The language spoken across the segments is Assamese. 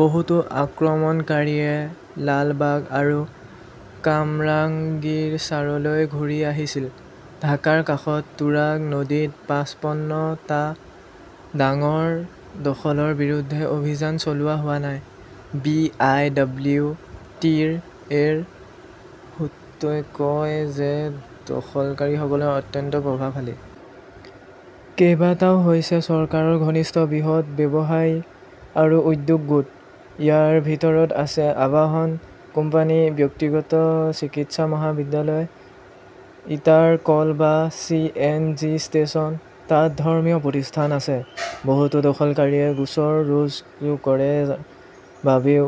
বহুতো আক্ৰমণকাৰীয়ে লালবাগ আৰু কামৰাংগীৰচাৰলৈ ঘূৰি আহিছিল। ঢাকাৰ কাষত তুৰাগ নদীত পাছপন্ন টা ডাঙৰ দখলৰ বিৰুদ্ধে অভিযান চলোৱা হোৱা নাই। বি. আই. ডব্লিউ. টিৰ. এ. -ৰ সূত্ৰই কয় যে এই দখলকাৰীসকল অত্যন্ত প্ৰভাৱশালী। কেইবাটাও হৈছে চৰকাৰৰ ঘনিষ্ঠ বৃহৎ ব্যৱসায়ী আৰু উদ্যোগ গোট। ইয়াৰ ভিতৰত আছে আবাসন কোম্পানী, ব্যক্তিগত চিকিৎসা মহাবিদ্যালয়, ইটাৰ কল বা চি. এন. জি. ষ্টেচন। তাত ধৰ্মীয় প্ৰতিষ্ঠান আছে। বহুতো দখলকাৰীয়ে গোচৰ ৰুজু কৰে বাবেও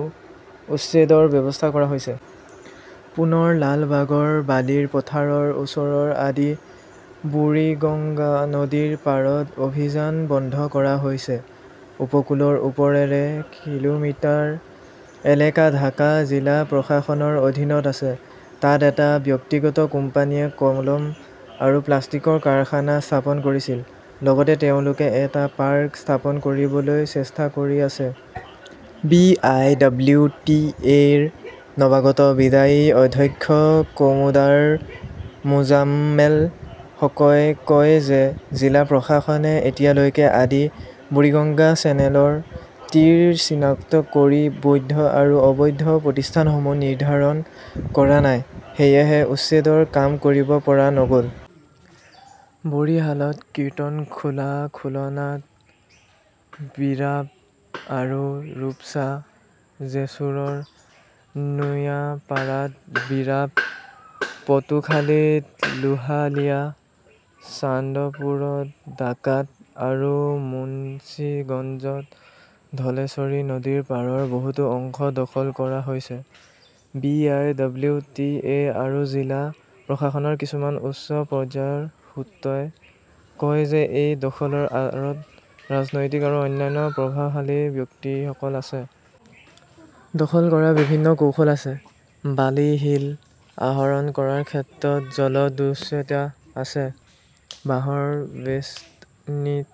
উচ্ছেদৰ ব্যৱস্থা কৰা হৈছে। পুনৰ লালবাগৰ বালিৰ পথাৰৰ ওচৰৰ আদি বুৰিগঙ্গা নদীৰ পাৰত অভিযান বন্ধ কৰা হৈছে। উপকূলৰ ওপৰেৰে কিলোমিটাৰ এলেকা ঢাকা জিলা প্ৰশাসনৰ অধীনত আছে। তাত এটা ব্যক্তিগত কোম্পানীয়ে কলম আৰু প্লাষ্টিকৰ কাৰখানা স্থাপন কৰিছিল। লগতে তেওঁলোকে এটা পাৰ্ক স্থাপন কৰিবলৈ চেষ্টা কৰি আছে। B. I. W. T. A. -ৰ নৱাগত বিদায়ী অধ্যক্ষ কমোডাৰ মোজাম্মেল হকই কয় যে জিলা প্ৰশাসনে এতিয়ালৈকে আদি বুৰিগঙ্গা চেনেলৰ তীৰ চিনাক্ত কৰি বৈধ আৰু অবৈধ প্ৰতিষ্ঠানসমূহ নিৰ্ধাৰণ কৰা নাই। সেয়েহে উচ্ছেদৰ কাম কৰিব পৰা নগ'ল। বৰিশালত কিৰ্তনখোলা, খুলনাত বীৰাব আৰু ৰূপছা, জেছুৰৰ নোয়াপাড়াত বীৰাব, পটুখালীত লোহালিয়া, চান্দপুৰত ডাকাত আৰু মুন্সিগঞ্জত ধলেশ্বৰী নদীৰ পাৰৰ বহুতো অংশ দখল কৰা হৈছে। B. I. W. T. A. আৰু জিলা প্ৰশাসনৰ কিছুমান উচ্চ পৰ্যায়ৰ সূত্ৰই কয় যে এই দখলৰ আঁৰত ৰাজনৈতিক আৰু অন্যান্য প্ৰভাৱশালী ব্যক্তিসকল আছে। দখল কৰাৰ বিভিন্ন কৌশল আছে। বালি-শিল আহৰণ কৰাৰ ক্ষেত্ৰত জলদস্যুতা আছে। বাঁহৰ বেষ্টনীত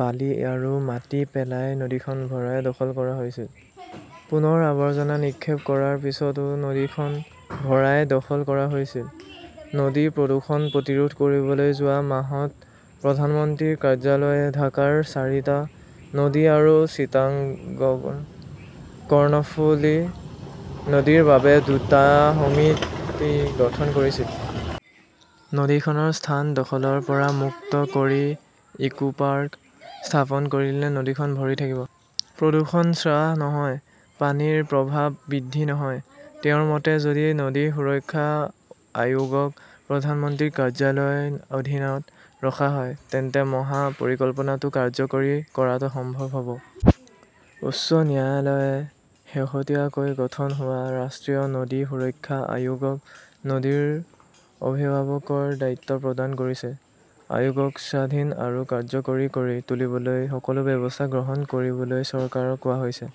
বালি আৰু মাটি পেলাই নদীখন ভৰাই দখল কৰা হৈছিল। পুনৰ আৱৰ্জনা নিক্ষেপ কৰাৰ পিছতো নদীখন ভৰাই দখল কৰা হৈছিল। নদী প্ৰদূষণ প্ৰতিৰোধ কৰিবলৈ যোৱা মাহত প্ৰধানমন্ত্ৰীৰ কাৰ্যালয়ে ঢাকাৰ চাৰিটা নদী আৰু চিটাগংৰ কৰ্ণফুলি নদীৰ বাবে দুটা সমিতি গঠন কৰিছিল। নদীখনৰ স্থান দখলৰ পৰা মুক্ত কৰি ইকোপাৰ্ক স্থাপন কৰিলে নদীখন ভৰি থাকিব। প্ৰদূষণ হ্ৰাস নহয়, পানীৰ প্ৰৱাহ বৃদ্ধি নহয়। তেওঁৰ মতে, যদি নদী সুৰক্ষা আয়োগক প্ৰধানমন্ত্ৰীৰ কাৰ্যালয়ৰ অধীনত ৰখা হয় তেন্তে মহা পৰিকল্পনাটো কাৰ্যকৰী কৰাটো সম্ভৱ হ 'ব। উচ্চ ন্যায়ালয়ে শেহতীয়াকৈ গঠন হোৱা ৰাষ্ট্ৰীয় নদী সুৰক্ষা আয়োগক নদীৰ অভিভাৱকৰ দায়িত্ব প্ৰদান কৰিছে। আয়োগক স্বাধীন আৰু কাৰ্যকৰী কৰি তুলিবলৈ সকলো ব্যৱস্থা গ্ৰহণ কৰিবলৈ চৰকাৰক কোৱা হৈছে।